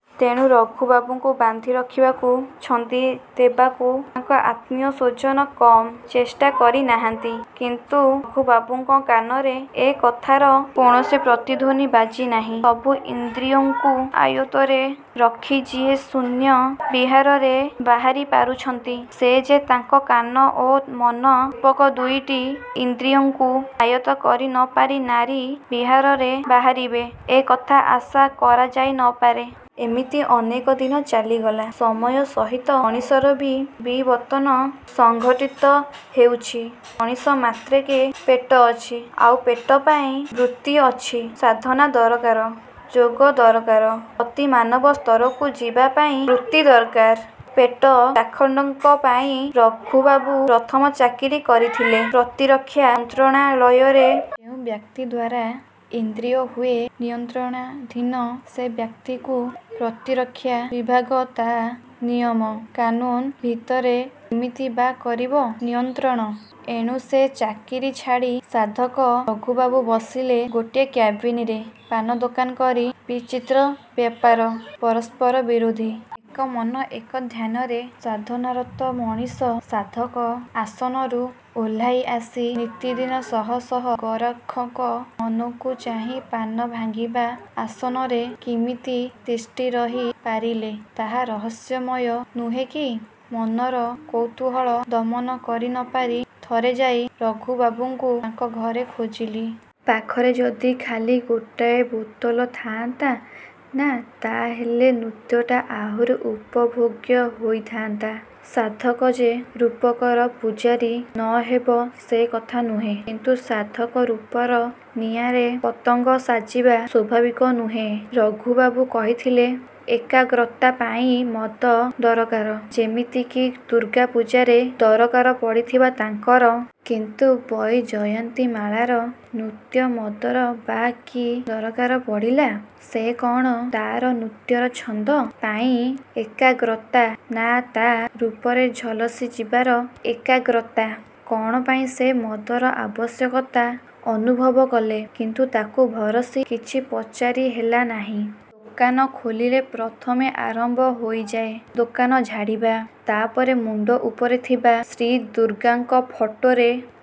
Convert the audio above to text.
ତେଣୁ ରଘୁବାବୁଙ୍କୁ ବାନ୍ଧିରଖିବାକୁ, ଛନ୍ଦି ଦେବାକୁ ତାଙ୍କ ଆତ୍ମୀୟ ସ୍ୱଜନ କମ୍ ଚେଷ୍ଟା କରିନାହାନ୍ତି; କିନ୍ତୁ ରଘୁବାବୁଙ୍କ କାନରେ ଏ କଥାର କୌଣସି ପ୍ରତିଧ୍ଵନି ବାଜି ନାହିଁ। ସବୁ ଇନ୍ଦ୍ରିୟଙ୍କୁ ଆୟତ୍ତରେ ରଖି ଯିଏ ଶୂନ୍ୟ ବିହାରରେ ବାହାରିପାରୁଛନ୍ତି ସେ ଯେ ତାଙ୍କ କାନ ଓ ମନ ପକ ଦୁଇଟି ଇନ୍ଦ୍ରିୟଙ୍କୁ ଆୟତ୍ତ କରିନପାରି ନାରୀ ବିହାରରେ ବାହାରିବେ ଏ କଥା ଆଶା କରାଯାଇନପାରେ। ଏମିତି ଅନେକ ଦିନ ଚାଲିଗଲା। ସମୟ ସହିତ ମଣିଷର ବି ବିବର୍ତ୍ତନ ସଂଘଟିତ ହେଉଛି। ମଣିଷ ମାତ୍ରକେ ପେଟ ଅଛି; ଆଉ ପେଟ ପାଇଁ ବୃତ୍ତି ଅଛି। ସାଧନା ଦରକାର, ଯୋଗ ଦରକାର ଅତିମାନବ ସ୍ତରକୁ ଯିବାପାଇଁ ବୃତ୍ତି ଦରକାର ପେଟ ଚାଖଣ୍ଡଙ୍କ ପାଇଁ। ରଘୁବାବୁ ପ୍ରଥମ ଚାକିରି କରିଥିଲେ ପ୍ରତିରକ୍ଷା ମନ୍ତ୍ରଣାଳୟରେ। ଯେଉଁ ବ୍ୟକ୍ତି ଦ୍ୱାରା ଇନ୍ଦ୍ରିୟ ହୁଏ ନିୟନ୍ତ୍ରଣାଧୀନ ସେ ବ୍ୟକ୍ତିକୁ ପ୍ରତିରକ୍ଷା ବିଭାଗ ତା' ନିୟମ କାନୁନ୍ ଭିତରେ କିମିତି ବା କରିବ ନିୟନ୍ତ୍ରଣ। ଏଣୁ ସେ ଚାକିରି ଛାଡ଼ି ସାଧକ ରଘୁବାବୁ ବସିଲେ ଗୋଟିଏ କ୍ୟାବିନିରେ ପାନ ଦୋକାନ କରି। ବିଚିତ୍ର ବ୍ୟାପାର। ପରସ୍ପର ବିରୋଧୀ। ଏକ ମନ ଏକ ଧ୍ୟାନରେ ସାଧନାରତ ମଣିଷ ସାଧକ ଆସନରୁ ଓହ୍ଲାଇ ଆସି ନିତିଦିନ ଶହ ଶହ ଗରାଖଙ୍କ ମନକୁ ଚାହିଁ ପାନ ଭାଙ୍ଗିବା ଆସନରେ କିମିତି ତିଷ୍ଠି ରହି ପାରିଲେ ତାହା ରହସ୍ୟମୟ ନୁହେଁ କି? ମନର କୌତୂହଳ ଦମନ କରିନପାରି ଥରେ ଯାଇ ରଘୁବାବୁଙ୍କୁ ତାଙ୍କ ଘରେ ଖୋଜିଲି-। ପାଖରେ ଯଦି ଖାଲି ଗୋଟିଏ ବୋତଲ ଥାଆନ୍ତା ନା ତା'ହେଲେ ନୃତ୍ୟଟା ଆହୁରି ଉପଭୋଗ୍ୟ ହୋଇଥାନ୍ତା। ସାଧକ ଯେ ରୂପର ପୂଜାରୀ ନହେବ ସେକଥା ନୁହେଁ। କିନ୍ତୁ ସାଧକ ରୂପର ନିଆଁରେ ପତଙ୍ଗ ସାଜିବା ସ୍ୱଭାବିକ ନୁହେଁ। ରଘୁବାବୁ କହିଥିଲେ ଏକାଗ୍ରତା ପାଇଁ ମଦ ଦରକାର–ଯେମିତି କି ଦୁର୍ଗା ପୂଜାରେ ଦରକାର ପଡ଼ିଥିବା ତାଙ୍କର। କିନ୍ତୁ ବୈଜୟନ୍ତୀମାଳାର ନୃତ୍ୟ ମଦର ବା କି ଦରକାର ପଡ଼ିଲା? ସେ କ'ଣ ତା'ର ନୃତ୍ୟର ଛନ୍ଦ ପାଇଁ ଏକାଗ୍ରତା ନା ତା' ରୂପରେ ଝଲସି ଯିବାର ଏକାଗ୍ରତା? କ'ଣ ପାଇଁ ସେ ମଦର ଆବଶ୍ୟକତା ଅନୁଭବ କଲେ? କିନ୍ତୁ ତାକୁ ଭରସି କିଛି ପଚାରି ହେଲା ନାହିଁ। ଦୋକାନ ଖୋଲିଲେ ପ୍ରଥମେ ଆରମ୍ଭ ହୋଇଯାଏ ଦୋକାନ ଝାଡ଼ିବା, ତା'ପରେ ମୁଣ୍ଡ ଉପରେ ଥିବା ଶ୍ରୀ ଦୁର୍ଗାଙ୍କ ଫଟୋରେ